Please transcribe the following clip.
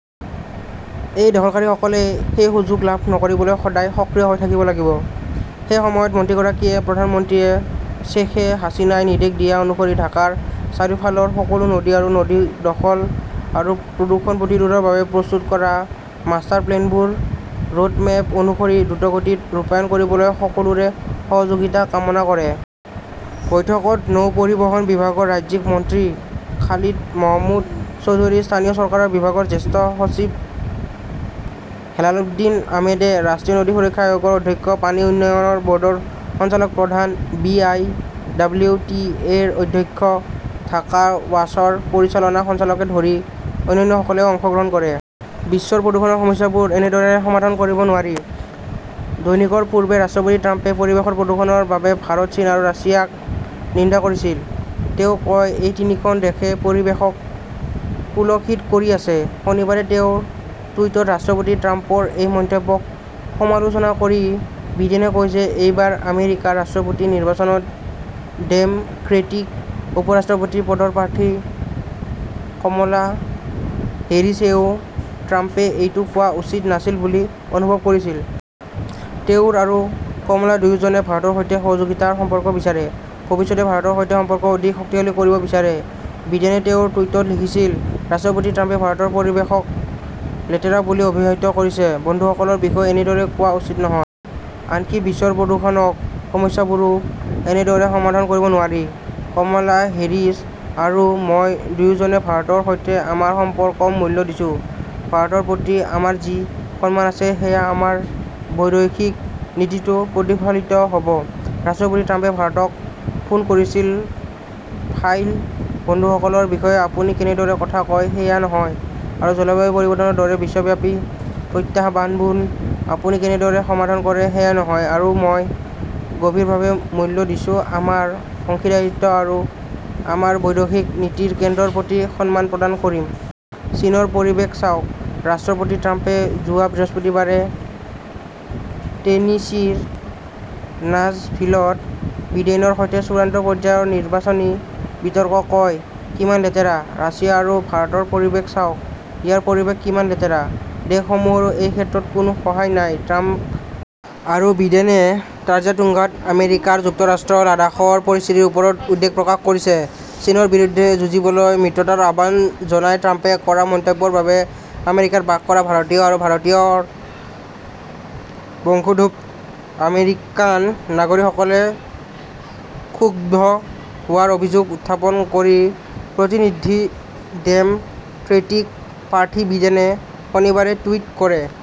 এই দখলকাৰীসকলে সেই সুযোগ লাভ নকৰিবলৈ সদায় সক্ৰিয় হৈ থাকিব লাগিব। সেই সময়ত মন্ত্ৰীগৰাকীয়ে প্ৰধানমন্ত্ৰীয়ে শ্বেখে হাছিনাই নিৰ্দেশ দিয়া অনুসৰি ঢাকাৰ চাৰিওফালৰ সকলো নদী আৰু নদী দখল আৰু প্ৰদূষণ প্ৰতিৰোধৰ বাবে প্ৰস্তুত কৰা মাষ্টাৰ প্লেনবোৰ ৰ'ডমেপ অনুসৰি দ্ৰুতগতিত ৰূপায়ণ কৰিবলৈ সকলোৰে সহযোগিতাৰ কামনা কৰে। বৈঠকত নৌ পৰিবহণ বিভাগৰ ৰাজ্যিক মন্ত্ৰী খালিদ মহমুদ চৌধুৰী, স্থানীয় চৰকাৰ বিভাগৰ জ্যেষ্ঠ সচিব হেলালুদ্দিন আহমেদে, ৰাষ্ট্ৰীয় নদী সুৰক্ষা আয়োগৰ অধ্যক্ষ, পানী উন্নয়নৰ বৰ্ডৰ সঞ্চালক প্ৰধান, B. I. W. T. A. -ৰ অধ্যক্ষ ঢাকা ৱাছৰ পৰিচালন সঞ্চালককে ধৰি অন্যান্যসকলে অংশগ্ৰহণ কৰে। বিশ্বৰ প্ৰদূষণৰ সমস্যাবোৰ এনেদৰে সমাধান কৰিব নোৱাৰি। দৈনিকৰ পূৰ্বে ৰাষ্ট্ৰপতি ট্ৰাম্পে পৰিৱেশ প্ৰদূষণৰ বাবে ভাৰত, চীন আৰু ৰাছিয়াক নিন্দা কৰিছিল। তেওঁ কয়, এই তিনিখন দেশেই পৰিৱেশক কুলষিত কৰি আছে। শনিবাৰে তেওঁৰ টুইটত ৰাষ্ট্ৰপতি ট্ৰাম্পৰ এই মন্তব্যক সমালোচনা কৰি বিডেনে কয় যে এইবাৰ আমেৰিকাৰ ৰাষ্ট্ৰপতি নিৰ্বাচনত ডেম ক্ৰেটিক উপ-ৰাষ্ট্ৰপতি পদৰ প্ৰাৰ্থী কমলা হেৰিছেও ট্ৰাম্পে এইটো কোৱা উচিত নাছিল বুলি অনুভৱ কৰিছিল। তেওঁ আৰু কমলা দুয়োজনে ভাৰতৰ সৈতে সহযোগিতাৰ সম্পৰ্ক বিচাৰে। ভৱিষ্যতে ভাৰতৰ সৈতে সম্পৰ্ক অধিক শক্তিশালী কৰিব বিচাৰে, বিডেনে তেওঁৰ টুইটত লিখিছিল ৰাষ্ট্ৰপতি ট্ৰাম্পে ভাৰতৰ পৰিৱেশক লেতেৰা বুলি অভিহিত কৰিছে। বন্ধুসকলৰ বিষয়ে এনেদৰে কোৱা উচিত নহয়। আনকি বিশ্বৰ প্ৰদূষণৰ সমস্যাবোৰো এনেদৰে সমাধান কৰিব নোৱাৰি। কমলা হেৰিছ আৰু মই দুয়োজনে ভাৰতৰ সৈতে আমাৰ সম্পৰ্কক মূল্য দিছো। ভাৰতৰ প্ৰতি আমাৰ যি সন্মান আছে সেয়া আমাৰ বৈদেশিক নীতিতো প্ৰতিফলিত হ'ব। ৰাষ্ট্ৰপতি ট্ৰাম্পে ভাৰতক ফোন কৰিছিল ফাইল বন্ধুসকলৰ বিষয়ে আপুনি কেনেদৰে কথা কয় সেয়া নহয় আৰু জলবায়ু পৰিৱৰ্তনৰ দৰে বিশ্বব্যাপী প্ৰত্যাহ্বানবোৰ আপুনি কেনেদৰে সমাধান কৰে সেয়া নহয় আৰু মই গভীৰভাৱে মূল্য দিছোঁ আমাৰ অংশীদাৰিত্ব আৰু আমাৰ বৈদেশিক নীতিৰ কেন্দ্ৰৰ প্ৰতি সন্মান প্ৰদান কৰিম। চীনৰ পৰিৱেশ চাওক ।ৰাষ্ট্ৰপতি ট্ৰাম্পে যোৱা বৃহস্পতিবাৰে টেনিছিৰ নাছভিলত বিডেইনৰ সৈতে চূড়ান্ত পৰ্যায়ৰ নিৰ্বাচনী বিতৰ্কত কয়, কিমান লেতেৰা। ৰাছিয়া আৰু ভাৰতৰ পৰিৱেশ চাওক। ইয়াৰ পৰিৱেশ কিমান লেতেৰা। দেশসমূহৰো এই ক্ষেত্ৰত কোনো সহায় নাই ,ট্ৰাম্প আৰু বিডেনে টাৰ্জা টুংগত আমেৰিকা যুক্তৰাষ্ট্ৰই লাডাখৰ পৰিস্থিতিৰ ওপৰত উদ্বেগ প্ৰকাশ কৰিছে, চীনৰ বিৰুদ্ধে যুঁজিবলৈ মিত্ৰতাৰ আহ্বান জনাই ট্ৰাম্পে কৰা মন্তব্যৰ বাবে আমেৰিকাত বাস কৰা ভাৰতীয় আৰু ভাৰতীয় বংশোধোক আমেৰিকান নাগৰিকসকলে ক্ষুব্ধ হোৱাৰ অভিযোগ উত্থাপন কৰি প্ৰতিনিধি ডেম ক্ৰেটিক প্ৰাৰ্থী বিডেনে শনিবাৰে টুইট কৰে।